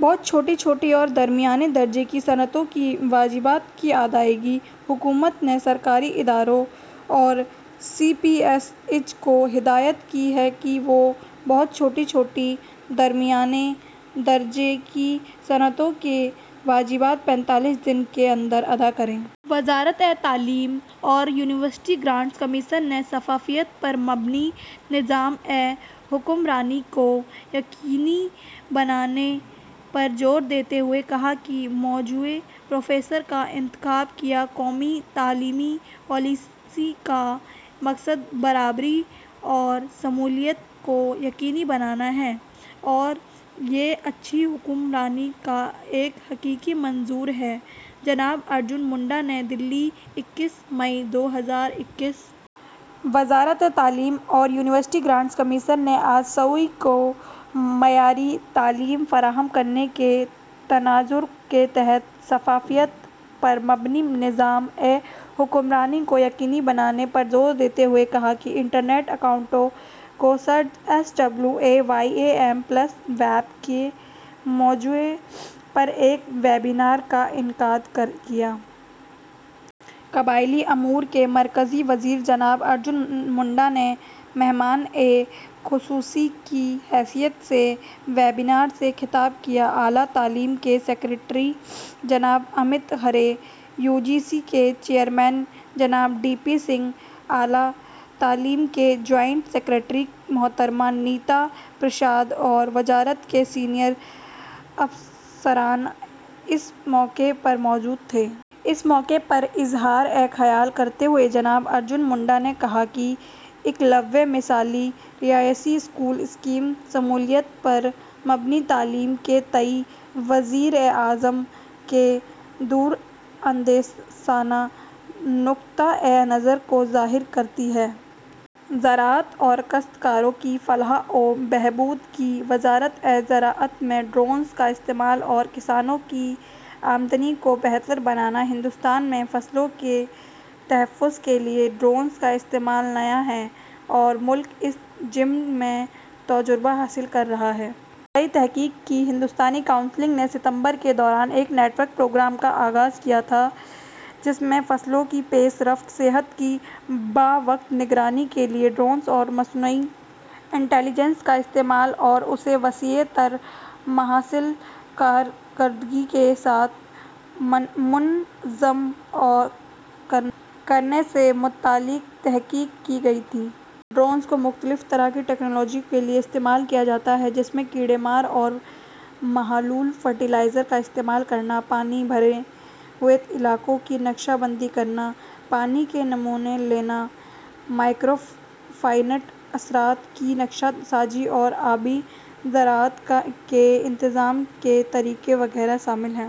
بہت چھوٹی، چھوٹی اور درمیانے درجے کی صنعتوں کے واجبات کی ادائیگی: حکومت نے سرکاری اداروں اور سی پی ایس ایز کو ہدایت کی ہے کہ وہ بہت چھوٹی، چھوٹی اور درمیانے درجے کی صنعتوں کے واجبات پینتالیس دن کے اندر ادا کریں۔ وزارتِ تعلیم وزارت تعلیم اور یونیورسٹی گرانٹس کمیشن نے 'شمولیت پر مبنی نظام حکمرانی کو یقینی بنانا: ہر شخص کو اہمیت دینا' کے موضوع پر ویبینار کا انعقاد کیا قومی تعلیمی پالیسی کا مقصد برابری اور شمولیت کو یقینی بنانا ہے اور یہ اچھی حکمرانی کا ایک حقیقی منشور ہے – جناب ارجن منڈا نئی دہلی، اکیس ستمبر دو ہزار اکیس۔ وزارت تعلیم اور یونیورسٹی گرانٹس کمیشن نے آج سبھی کو معیاری تعلیم فراہم کرنے کے نقطہ نظر کے تحت 'شمولیت پر مبنی نظام حکمرانی کو یقینی بنانا: ہر شخص کو اہمیت دینا ensuring inclusive governance: making every person matter' کے موضوع پر ایک ویبینار کا انعقاد کیا۔ قبائلی امور کے مرکزی وزیر جناب ارجن منڈا نے مہمان خصوصی کی حیثیت سے ویبینار سے خطاب کیا۔ اعلیٰ تعلیم کے سکریٹری جناب Amit Khare, U G C کے چیئرمین جناب ڈی پی سنگھ، اعلیٰ تعلیم کی جوائنٹ سکریٹری محترمہ نیتا پرساد اور وزارت کے سینئر افسران اس موقع پر موجود تھے۔ اس موقع پر اظہار خیال کرتے ہوئے جناب ارجن منڈا نے کہا کہ ایکلوویہ مثالی رہائشی اسکول اسکیم شمولیت پر مبنی تعلیم کے تئیں وزیر اعظم کے دوراندیشانہ نقطہ نظر کو ظاہر کرتی ہے۔ زراعت اور کاشتکاروں کی فلاح و بہبود کی وزارت زراعت میں ڈرونس کا استعمال اور کسانوں کی آمدنی کو بہتر بنانا ہندوستان میں فصلوں کے تحفظ کے لئے ڈرونس کا استعمال نیا ہے اور ملک اس ضمن میں تجربہ حاصل کر رہا ہے۔ زرعی تحقیق کی ہندوستانی کونسل نے ستمبر کے دوران ایک نیٹ ورک پروگرام کا آغاز کیا تھا، جس میں فصلوں کی پیش رفت، صحت کی بروقت نگرانی کے لئے ڈرونس اور مصنوعی انٹلیجنس کے استعمال اور اسے وسیع تر ماحصل کارکردگی کے ساتھ منظم کرنے سے متعلق تحقیق کی گئی تھی۔ ڈرونس کو مختلف طرح کی ٹیکنالوجیوں کے لئے استعمال کیا جاتا ہے جس میں کیڑے مار اور محلول فرٹیلائزر کا استعمال کرنا، پانی بھرے ہوئے علاقوں کی نقشہ بندی کرنا، پانی کے نمونے لینا، میکروفائٹ اثرات کی نقشہ سازی اور آبی زراعت کے انتظام کے طریقے وغیرہ شامل ہیں۔